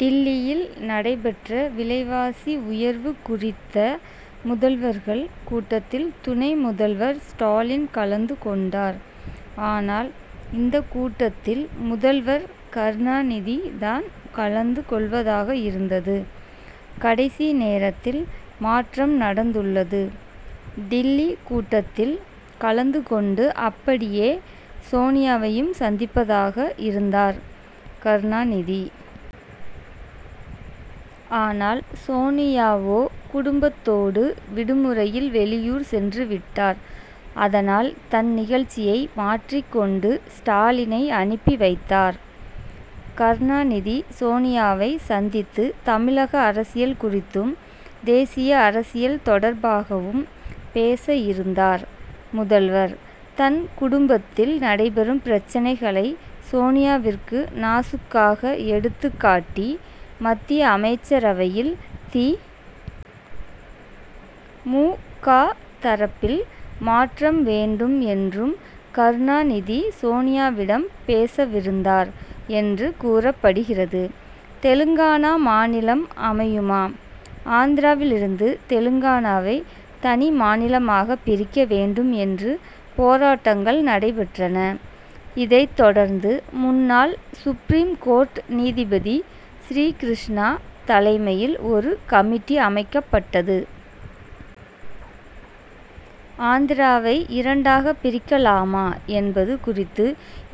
டில்லியில் நடைபெற்ற விலைவாசி உயர்வு குறித்த முதல்வர்கள் கூட்டத்தில் துணை முதல்வர் ஸ்டாலின் கலந்து கொண்டார். ஆனால், இந்தக் கூட்டத்தில் முதல்வர் கருணாநிதி தான் கலந்து கொள்வதாக இருந்தது. கடைசி நேரத்தில் மாற்றம் நடந்துள்ளது. டில்லி கூட்டத்தில் கலந்து கொண்டு அப்படியே சோனியாவையும் சந்திப்பதாக இருந்தார் கருணாநிதி. ஆனால், சோனியாவோ, குடும்பத்தோடு விடுமுறையில் வெளியூர் சென்றுவிட்டார். அதனால், தன் நிகழ்ச்சியை மாற்றிக் கொண்டு ஸ்டாலினை அனுப்பி வைத்தார் கருணாநிதி. சோனியாவை சந்தித்து தமிழக அரசியல் குறித்தும், தேசிய அரசியல் தொடர்பாகவும் பேச இருந்தார் முதல்வர். தன் குடும்பத்தில் நடைபெறும் பிரச்னைகளை சோனியாவிற்கு நாசூக்காக எடுத்துக் காட்டி, மத்திய அமைச்சரவையில் தி. மு. க., தரப்பில் மாற்றம் வேண்டும் என்றும் கருணாநிதி, சோனியாவிடம் பேசவிருந்தார் என்று கூறப்படுகிறது. தெலுங்கானா மாநிலம் அமையுமா? ஆந்திராவிலிருந்து தெலுங்கானாவை தனி மாநிலமாக பிரிக்க வேண்டும் என்று போராட்டங்கள் நடைபெற்றன. இதைத் தொடர்ந்து, முன்னாள் சுப்ரீம் கோர்ட் நீதிபதி ஸ்ரீகிருஷ்ணா தலைமையில், ஒரு கமிட்டி அமைக்கப்பட்டது. ஆந்திராவை இரண்டாகப் பிரிக்கலாமா என்பது குறித்து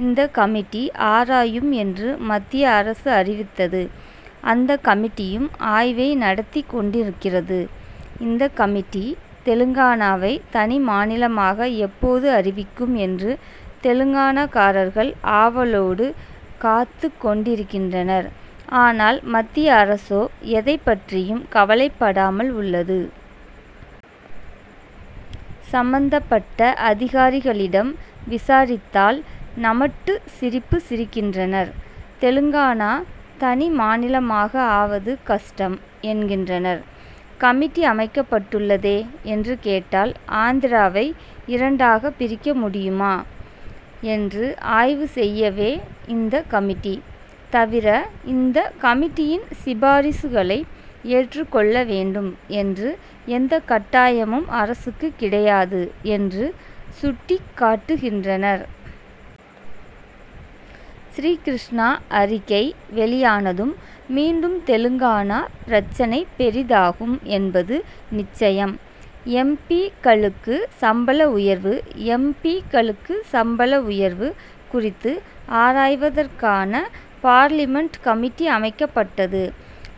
இந்த கமிட்டி ஆராயும் என்று மத்திய அரசு அறிவித்தது. அந்த கமிட்டியும் ஆய்வை நடத்திக் கொண்டிருக்கிறது. இந்த கமிட்டி தெலுங்கானாவை தனி மாநிலமாக எப்போது அறிவிக்கும் என்று தெலுங்கானாக்காரர்கள் ஆவலோடு காத்துக் கொண்டிருக்கின்றனர். ஆனால், மத்திய அரசோ எதைப் பற்றியும் கவலைப்படாமல் உள்ளது. சம்பந்தப்பட்ட அதிகாரிகளிடம் விசாரித்தால், நமட்டு சிரிப்பு சிரிக்கின்றனர். தெலுங்கானா தனி மாநிலமாக ஆவது கஷ்டம் என்கின்றனர். கமிட்டி அமைக்கப்பட்டுள்ளதே என்று கேட்டால், ஆந்திராவை இரண்டாகப் பிரிக்க முடியுமா என்று ஆய்வு செய்யவே இந்த கமிட்டி, தவிர இந்த கமிட்டியின் சிபாரிசுகளை ஏற்றுக் கொள்ள வேண்டும் என்று எந்த கட்டாயமும் அரசுக்குக் கிடையாது என்று சுட்டிக் காட்டுகின்றனர். ஸ்ரீகிருஷ்ணா அறிக்கை வெளியானதும் மீண்டும் தெலுங்கானா பிரச்னை பெரிதாகும் என்பது நிச்சயம். எம். பி.,க்களுக்கு சம்பள உயர்வு? எம். பி.,க்களுக்கு சம்பள உயர்வு குறித்து ஆராய்வதற்கான பார்லிமென்ட் கமிட்டி அமைக்கப்பட்டது.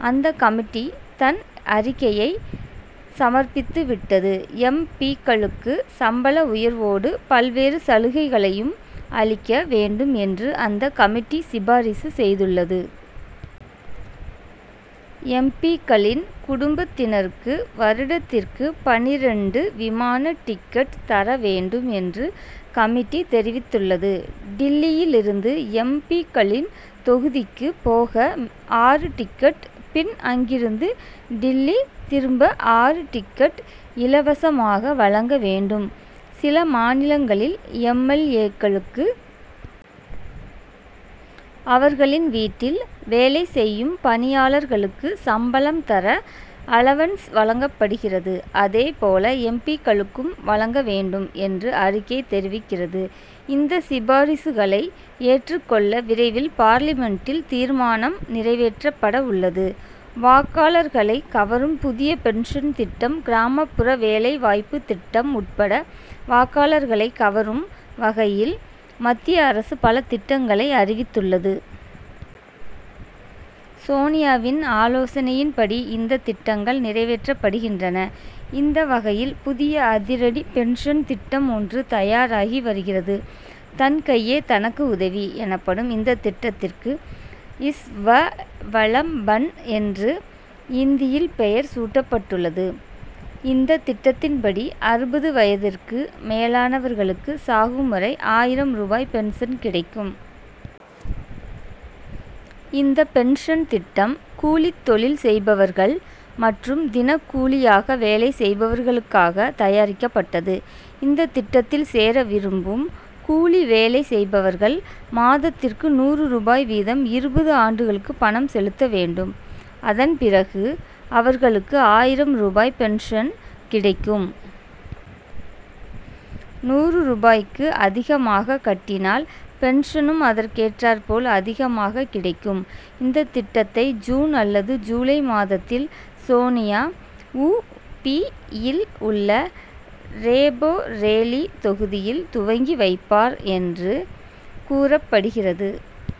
அந்த கமிட்டி தன் அறிக்கையை சமர்ப்பித்துவிட்டது. எம். பி.,க் களுக்கு சம்பள உயர்வோடு பல்வேறு சலுகைகளையும் அளிக்க வேண்டும் என்று அந்த கமிட்டி சிபாரிசு செய்துள்ளது. எம். பி.,க்களின் குடும்பத்தினருக்கு வருடத்திற்கு பன்னிரண்டு விமான டிக்கெட் தர வேண்டும் என்று கமிட்டி தெரிவித்துள்ளது. டில்லியிலிருந்து எம். பி.,க்களின் தொகுதிக்கு போக ஆறு டிக்கெட், பின் அங்கிருந்து டில்லி திரும்ப ஆறு டிக்கெட் இலவசமாக வழங்க வேண்டும். சில மாநிலங்களில் எம். எல். ஏ.,க்களுக்கு அவர்களின் வீட்டில் வேலை செய்யும் பணியாளர்களுக்கு சம்பளம் தர, 'அலவன்ஸ்' வழங்கப்படுகிறது. அதே போல, எம். பி.,க்களுக்கும் வழங்க வேண்டும் என்று அறிக்கை தெரிவிக்கிறது. இந்த சிபாரிசுகளை ஏற்றுக் கொள்ள விரைவில், பார்லிமென்ட்டில் தீர்மானம் நிறைவேற்றப்பட உள்ளது. வாக்காளர்களை கவரும் புதிய பென்ஷன் திட்டம்: கிராமப்புற வேலை வாய்ப்பு திட்டம் உட்பட வாக்காளர்களைக் கவரும் வகையில், மத்திய அரசு பல திட்டங்களை அறிவித்துள்ளது. சோனியாவின் ஆலோசனையின்படி இந்த திட்டங்கள் நிறைவேற்றப்படுகின்றன. இந்த வகையில், புதிய அதிரடி பென்ஷன் திட்டம் ஒன்று தயாராகி வருகிறது. தன் கையே தனக்கு உதவி எனப்படும் இந்த திட்டத்திற்கு, 'ஸ்வவலம்பன்' என்று இந்தியில் பெயர் சூட்டப்பட்டுள்ளது. இந்த திட்டத்தின்படி, அறுபது வயதிற்கு மேலானவர்களுக்கு சாகும் வரை ஆயிரம் ரூபாய் பென்ஷன் கிடைக்கும். இந்த பென்ஷன் திட்டம் கூலித் தொழில் செய்பவர்கள் மற்றும் தினக்கூலியாக வேலை செய்பவர்களுக்காக தயாரிக்கப்பட்டது. இந்த திட்டத்தில் சேர விரும்பும் கூலி வேலை செய்பவர்கள் மாதத்திற்கு நூறு ரூபாய் வீதம் இருபது ஆண்டுகளுக்கு பணம் செலுத்த வேண்டும். அதன் பிறகு அவர்களுக்கு ஆயிரம் ரூபாய் பென்ஷன் கிடைக்கும். நூறு ரூபாய்க்கு அதிகமாக கட்டினால், பென்ஷனும் அதற்கேற்றாற் போல் அதிகமாக கிடைக்கும். இந்த திட்டத்தை ஜூன் அல்லது ஜூலை மாதத்தில், சோனியா, உ. பி.,யில் உள்ள ரேபோரேலி தொகுதியில் துவங்கி வைப்பார் என்று கூறப்படுகிறது.